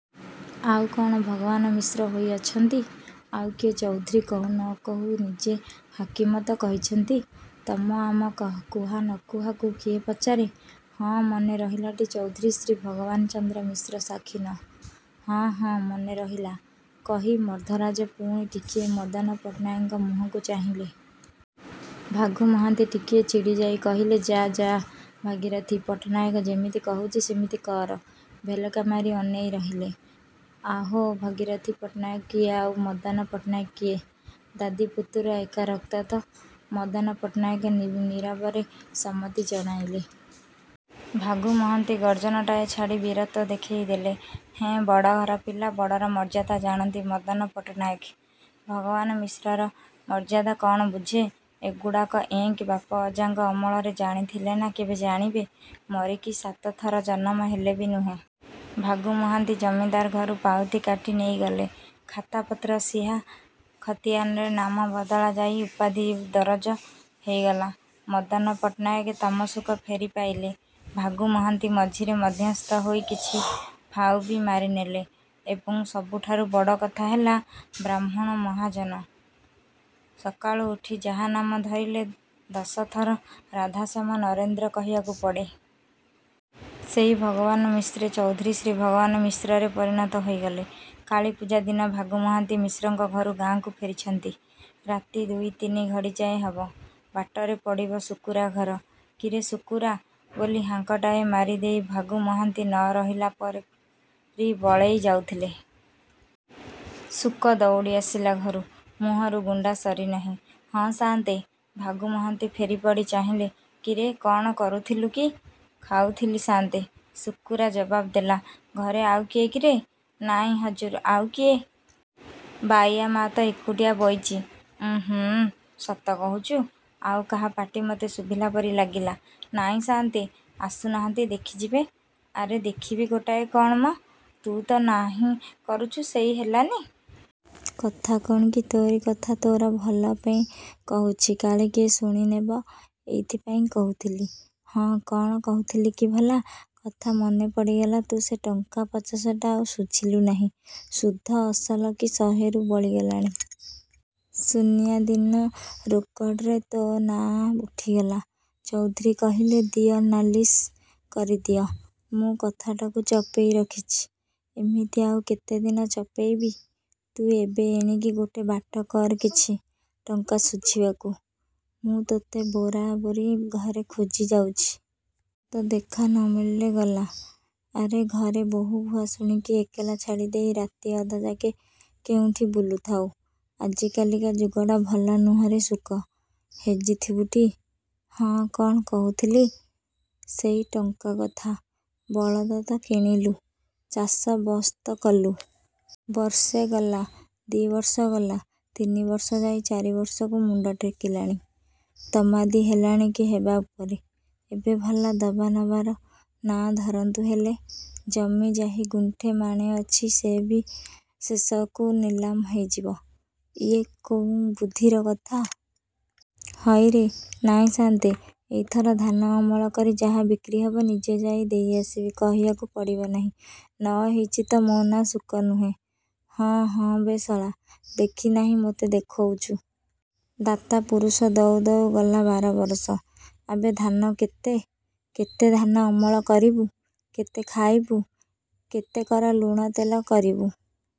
ଆଉ କ'ଣ ଭଗବାନ ମିଶ୍ର ହୋଇ ଅଛନ୍ତି। ଆଉ କିଏ ଚୌଧୁରୀ କହୁ ନ କହୁ ନିଜେ ହାକିମ ତ କହିଛନ୍ତି। ତମ ଆମ କୁହା ନକୁହାକୁ କିଏ ପଚାରେ ହଁ ମନେ ରହିଲାଟି ଚୌଧୁରୀ ଶ୍ରୀ ଭଗବାନଚନ୍ଦ୍ର ମିଶ୍ର ସାଖିନ। ''ହଁ, ହଁ, ମନେ ରହିଲା'' କହି, ମର୍ଦ୍ଦରାଜ ପୁଣି ଟିକିଏ ମଦନ ପଟ୍ଟନାୟକଙ୍କ ମୁହଁକୁ ଚାହିଁଲେ। ଭାଗୁ ମହାନ୍ତି ଟିକିଏ ଚିଡ଼ିଯାଇ କହିଲେ ଯାଃ ଯାଃ ଭାଗିରଥି ପଟ୍ଟନାୟକ ଯେମିତି କହୁଛି ସେମିତି କର–ଭେଲକା ମାରି ଅନେଇ ରହିଲେ। ଆହୋ ଭାଗିରଥି ପଟ୍ଟନାୟକ କିଏ ଆଉ ମଦନ ପଟ୍ଟନାୟକ କିଏ? ଦାଦି ପୁତୁରା ଏକା ରକ୍ତ ତ। '' ମଦନ ପଟ୍ଟନାୟକ ନୀରବରେ ସମ୍ମତି ଜଣାଇଲେ। ଭାଗୁ ମହାନ୍ତି ଗର୍ଜନଟାଏ ଛାଡ଼ି ବୀରତ୍ୱ ଦେଖେଇ ଦେଲେ ''ହେଁ ବଡ଼ଘର ପିଲା ବଡ଼ର ମର୍ଯ୍ୟାଦା ଜାଣନ୍ତି ମଦନ ପଟ୍ଟନାୟକ, ଭଗବାନ ମିଶ୍ରର ମର୍ଯ୍ୟାଦା କ'ଣ ବୁଝେ। ଏଗୁଡ଼ାକ ଏଙ୍କ ବାପ ଅଜାଙ୍କ ଅମଳରେ ଜାଣିଥିଲେନା କେବେ ଜାଣିବେ ମରିକି ସାତଥର ଜନମ ହେଲେବି ନୁହେଁ। '' ଭାଗୁ ମହାନ୍ତି ଜମିଦାର ଘରୁ ପାଉତି କାଟି ନେଇ ଗଲେ। ଖାତା ପତ୍ର ସିହା ଖତିଆନରେ ନାମ ବଦଳା ଯାଇ ଉପାଧି ଦରଜ ହେଇଗଲା। ମଦନ ପଟ୍ଟନାୟକ ତମସୁକ ଫେରି ପାଇଲେ। ଭାଗୁ ମହାନ୍ତି ମଝିରେ ମଧ୍ୟସ୍ଥ ହୋଇ କିଛି ଫାଉବି ମାରିନେଲେ। ଏବଂ ସବୁଠାରୁ ବଡ଼ କଥା ହେଲା ବାହ୍ମୁଣ ମହାଜନ, ସକାଳୁ ଉଠି ଯାହା ନାମ ଧରିଲେ ଦଶ ଥର ରାଧାଶ୍ୟାମ ନରେନ୍ଦ୍ର କହିବାକୁ ପଡ଼େ। ସେଇ ଭଗବାନ ମିଶ୍ରେ ଚୌଧୁରୀ ଶ୍ରୀ ଭଗବାନ ମିଶ୍ରରେ ପରିଣତ ହୋଇଗଲେ। କାଳୀପୂଜା ଦିନ ଭାଗୁ ମହାନ୍ତି ମିଶ୍ରଙ୍କ ଘରୁ ଗାଁକୁ ଫେରିଛନ୍ତି। ରାତି ଦୁଇ ତିନି ଘଡ଼ିଯାଏଁ ହବ। ବାଟରେ ପଡ଼ିବ ଶୁକୁରା ଘର। ''କିରେ ଶୁକୁରା'' ବୋଲି ହାଙ୍କଟାଏ ମାରି ଦେଇ ଭାଗୁ ମହାନ୍ତି ନ ରହିଲା ପରି ପଳେଇ ଯାଉଥିଲେ। ଶୁକ ଦଉଡ଼ି ଆସିଲା ଘରୁ। ମୁହଁରୁ ଗୁଣ୍ଡା ସରି ନାହିଁ। ହଁ ସାଆନ୍ତେ ଭାଗୁ ମହାନ୍ତି ଫେରିପଡ଼ି ଚାହିଁଲେ କିରେ କ'ଣ କରୁଥିଲୁ କି? ଖାଉଥିଲି ସାଆନ୍ତେ। ଶୁକୁରା ଜବାବ ଦେଲା। ଘରେ ଆଉ କିଏ କିରେ? ନାଇଁ ହଜୁର ଆଉ କିଏ? ବାଇୟା ମା ତ ଏକୁଟିଆ ବଇଚି। ଉଁ ହୁଁ। ସତ କହୁଛୁ? ଆଉ କାହା ପାଟି ମୋତେ ଶୁଭିଲା ପରି ଲାଗିଲା। ନାଇଁ ସାଆନ୍ତେ। ଆସୁ ନାହାନ୍ତି ଦେଖିଯିବେ। ଆରେ ଦେଖିବି ଗୋଟାଏ କ'ଣ ମ? ତୁ ତ ନାହିଁ କରୁଛୁ ସେଇ ହେଲାନି? କଥା କ'ଣ କି ତୋରି କଥା ତୋର ଭଲ ପେଇଁ କହୁଛି କାଳେ କିଏ ଶୁଣି ନେବ। ଏଇଥିପାଇଁ କହୁଥିଲି। ହଁ କ'ଣ କହୁଥିଲିକି ଭଲା କଥା ମନେ ପଡ଼ିଗଲା ତୁ ସେ ଟଙ୍କା ପଚାଶଟା ଆଉ ଶୁଝିଲୁ ନାହିଁ-। ସୁଧ ଅସଲକି ଶହେରୁ ବଳି ଗଲାଣି। ସୁନିଆ ଦିନ ରୋକଡ଼ରେ ତୋ ନାଆଁ ଉଠିଗଲା। ଚୌଧୁରୀ କହିଲେ 'ଦିଅ ନାଲିଶ କରିଦିଅ।' ମୁଁ କଥାଟାକୁ ଚପେଇ ରଖିଛି। ଏମିତି ଆଉ କେତେଦିନ ଚପେଇବି? ତୁ ଏବେ ଏଣିକି ଗୋଟେ ବାଟ କର କିଛି, ଟଙ୍କା ଶୁଝିବାକୁ। ମୁଁ ତୋତେ ବୋରା ବୋରି ଘରେ ଖୋଜି ଯାଉଚି। ତୋରତ ଦେଖା ନ ମିଳିଲେ ଗଲା। ଆରେ, ଘରେ ବହୂ ଭୁଆସୁଣୀକି ଏକଲା ଛାଡ଼ି ଦେଇ ରାତିଅଧଯାକେ କେଉଁଠି ବୁଲୁଥାଉ? ଆଜିକାଲିକା ଯୁଗଟା ଭଲ ନୁହେଁରେ ଶୁକ। ହେଜିଥିବୁଟି! ହଁ, କ'ଣ କହୁଥିଲି? ସେଇ ଟଙ୍କା କଥା। ବଳଦ ତ କିଣିଲୁ। ଚାଷ ବସ୍ତ କଲୁ। ବର୍ଷେ ଗଲା, ଦି' ବର୍ଷ ଗଲା ତିନିବର୍ଷ ଯାଇ ଚାରିବର୍ଷକୁ ମୁଣ୍ଡ ଟେକିଲାଣି। ତମାଦି ହେଲାଣି କି ହେବା ଉପରେ। ଏବେ ଭଲା ଦବାନବାର ନାଁ ଧରନ୍ତୁ ହେଲେ। ଜମି ଯାହି ଗୁଣ୍ଠେ ମାଣେ ଅଛି ସେ ବି ଶେଷକୁ ନିଲାମ ହେଇ ଯିବ। ଇଏ କୋଉଁ ବୁଦ୍ଧିର କଥା! ହଇରେ! '' ''ନାଇଁ ସାଆନ୍ତେ, ଏଇଥର ଧାନ ଅମଳ କରି ଯାହା ବିକ୍ରିହବ ନିଜେ ଯାଇ ଦେଇ ଆସିବି କହିବାକୁ ପଡ଼ିବ ନାହିଁ ନ ହେଇଚି ତ ମୋ ନାଆଁ ଶୁକ ନୁହେଁ। '' ହଁ, ହଁ ବେ ଶଳା, ଦେଖି ନାହିଁ ମୋତେ ଦେଖଉଚୁ। ଦାତା ପୁରୁଷ ଦଉ ଦଉ ଗଲା ବାରବରଷ। ଆବେ ଧାନ କେତେ? କେତେ ଧାନ ଅମଳ କରିବୁ? କେତେ ଖାଇବୁ? କେତେକର ଲୁଣ ତେଲ କରିବୁ?